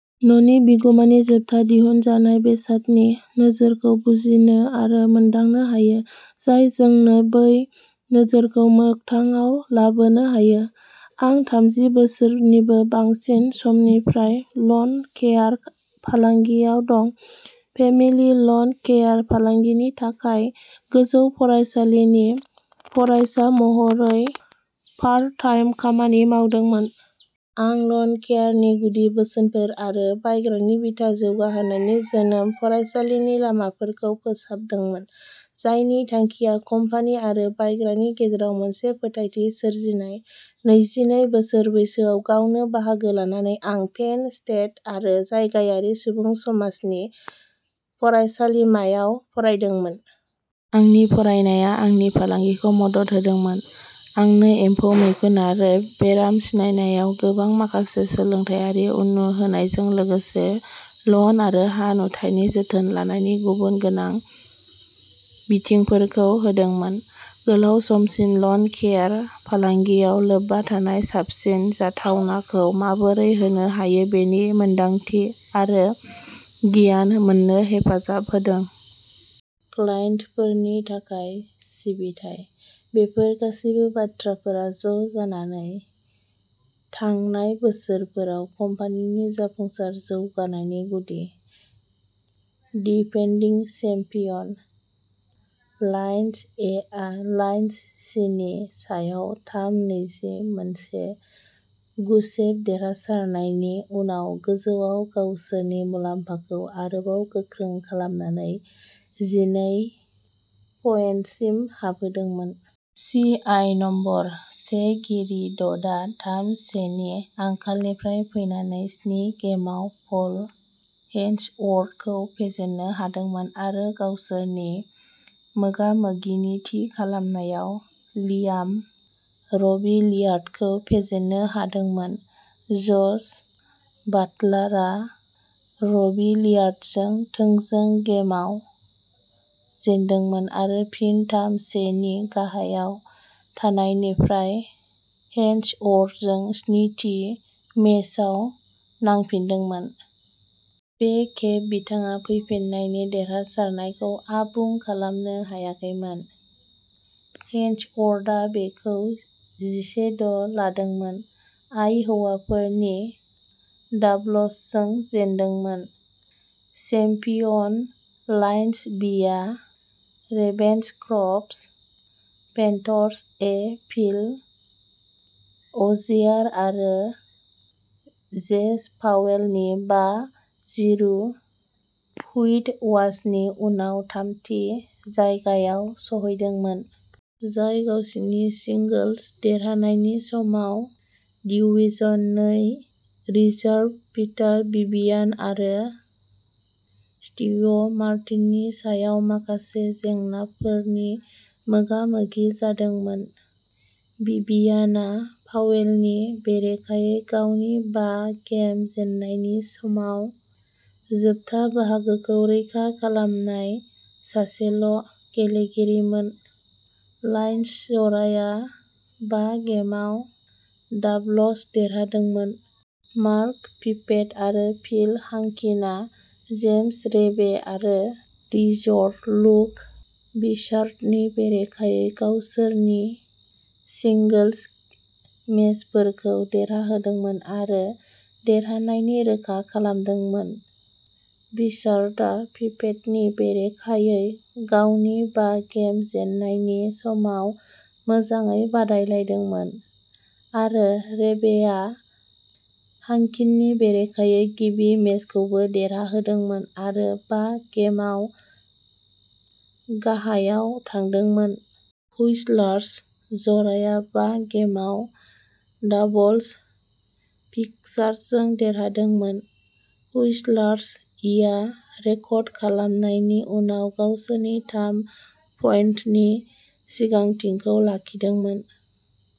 न'नि बिगुमानि जोबथा दिहुनजानाय बेसादनि नोजोरखौ बुजिनो आरो मोनदांनो हायो। जाय जोंनो बै नोजोरखौ मोगथाङाव लाबोनो हायो। आं थामजि बोसोरनिबो बांसिन समनिफ्राय लन केयार फालांगियाव दं। फेमिलि लन केयार फालांगिनि थाखाय गोजौ फरायसालिनि फरायसा महरै पार्ट टाइम खामानि मावदोंमोन। आं लन केयारनि गुदि बोसोनफोर आरो बायग्रानि बिथा जौगाहोनायनि गोजाम फरायसालिनि लामाफोरखौ फोसाबदोंमोन। जायनि थांखिया कम्पानि आरो बायग्रानि गेजेराव मोनसे फोथायथि सोरजिनाय। नैजिनै बोसोर बैसोआव गावनो बाहागो लानानै आं पेन स्टेट आरो जायगायारि सुबुं समाजनि फरायसालिमायाव फरायदोंमोन। आंनि फरायनाया आंनि फालांगिखौ मदद होदोंमोन। आंनो एम्फौ, मैखुन आरो बेराम सिनायनायाव गोनां माखासे सोलोंथायारि उननु होनायजों लोगोसे लन आरो हा नुथायनि जोथोन लानायनि गुबुन गोनां बिथिंफोरखौ होदोंमोन। गोलाव समसिम लन केयार फालांगियाव लोब्बा थानाया साबसिन जाथावनाखौ माबोरै होनो हायो बेनि मोनदांथि आरो गियान मोन्नो हेफाजाब होदों। क्लाइन्टफोरनि थाखाय सिबिथाइ। बेफोर गासैबो बाथ्राफोरा ज'जानानै थांनाय बोसोरफोराव कम्पानिनि जाफुंसार जौगानायनि गुदि। डिफेन्दिं चेम्पियन लायन्स ए आ लायन्स सीनि सायाव थाम-नैनि मोनसे गुसेब देरहासारनायनि उनाव गोजौआव गावसोरनि मुलाम्फाखौ आरोबाव गोख्रों खालामनानै जिनै पइन्टसिम बांहोदोंमोन। सि आइ नम्बर से गेरि डडआ थाम सेनि आंखालनिफ्राय फैफिन्नानै स्नि गेमआव पल हेन्सवर्थखौ फेजेन्नो हादोंमोन आरो गावसोरनि मोगा-मोगिनि थि खालामनायाव लियाम रबिलियार्डखौ फेजेननो हादोंमोन। जश बाटलारआ र'बिलियार्डजों थोंजों गेमआव जेनदोंमोन आरो फिन थाम से नि गाहायाव थानायनिफ्राय हेन्सवर्थजों स्नि थि मेचआव नांफिनदोंमोन। बे खेब बिथाङा फैफिन्नायनि देरहासारनायखौ आबुं खालामनो हायाखैमोन। हेन्सवर्थआ बेखौ जिसे द’ लादोंमोन। आइ हौवाफोरनि डाबल्सजों जेनदोंमोन। चेम्पियन। लायन्स बिआ रेभेन्सक्रफ्ट पेन्थर्स ए फिल अजियार आरो जेज पावेलनि बा जिरु हुइटवाशनि उनाव थामथि जायगायाव सौहैदोंमोन। जाय गावसिनि सिंगोल्स देरहानायनि समाव डिवीजन नै रिजार्भ पिटार भिभियान आरो स्टीव मार्टिननि सायाव माखासे जेंनाफोरनि मोगा-मोगि जादोंमोन। भिभियानआ पावेलनि बेरेखायै गावनि बा गेम जेननायनि समाव जोबथा बाहागोखौ रैखा खालामनाय सासेल' गेलेगिरिमोन। लायन्स जराया बा गेमआव डाबल्स देरहादोंमोन। मार्क पिपेट आरो फिल हांकिनआ जेम्स रेबे आरो रिजर्व लुक बिचार्डनि बेरेखायै गावसोरनि सिंगोल्स मेचफोरखौ देरहादोंमोन आरो देरहानायनि रोखा खालामदोंमोन। बिचार्डआ पिपेटनि बेरेखायै गावनि बा गेम जेननायनि समाव मोजाङै बादायलायदोंमोन आरो रेबेआ हांकिननि बेरेखायै गिबि मेचखौबो देरहादोंमोन आरो बा गेमआव गाहायाव थांदोंमोन। हुइस्लार्स जराया बा गेमआव डाबल्स फिक्सारखौ देरहादोंमोन। हुइस्लार्स इआ रेकर्ड खालामनायनि उनाव गावसोरनि थाम पइन्टनि सिगांथिखौ लाखिदोंमोन।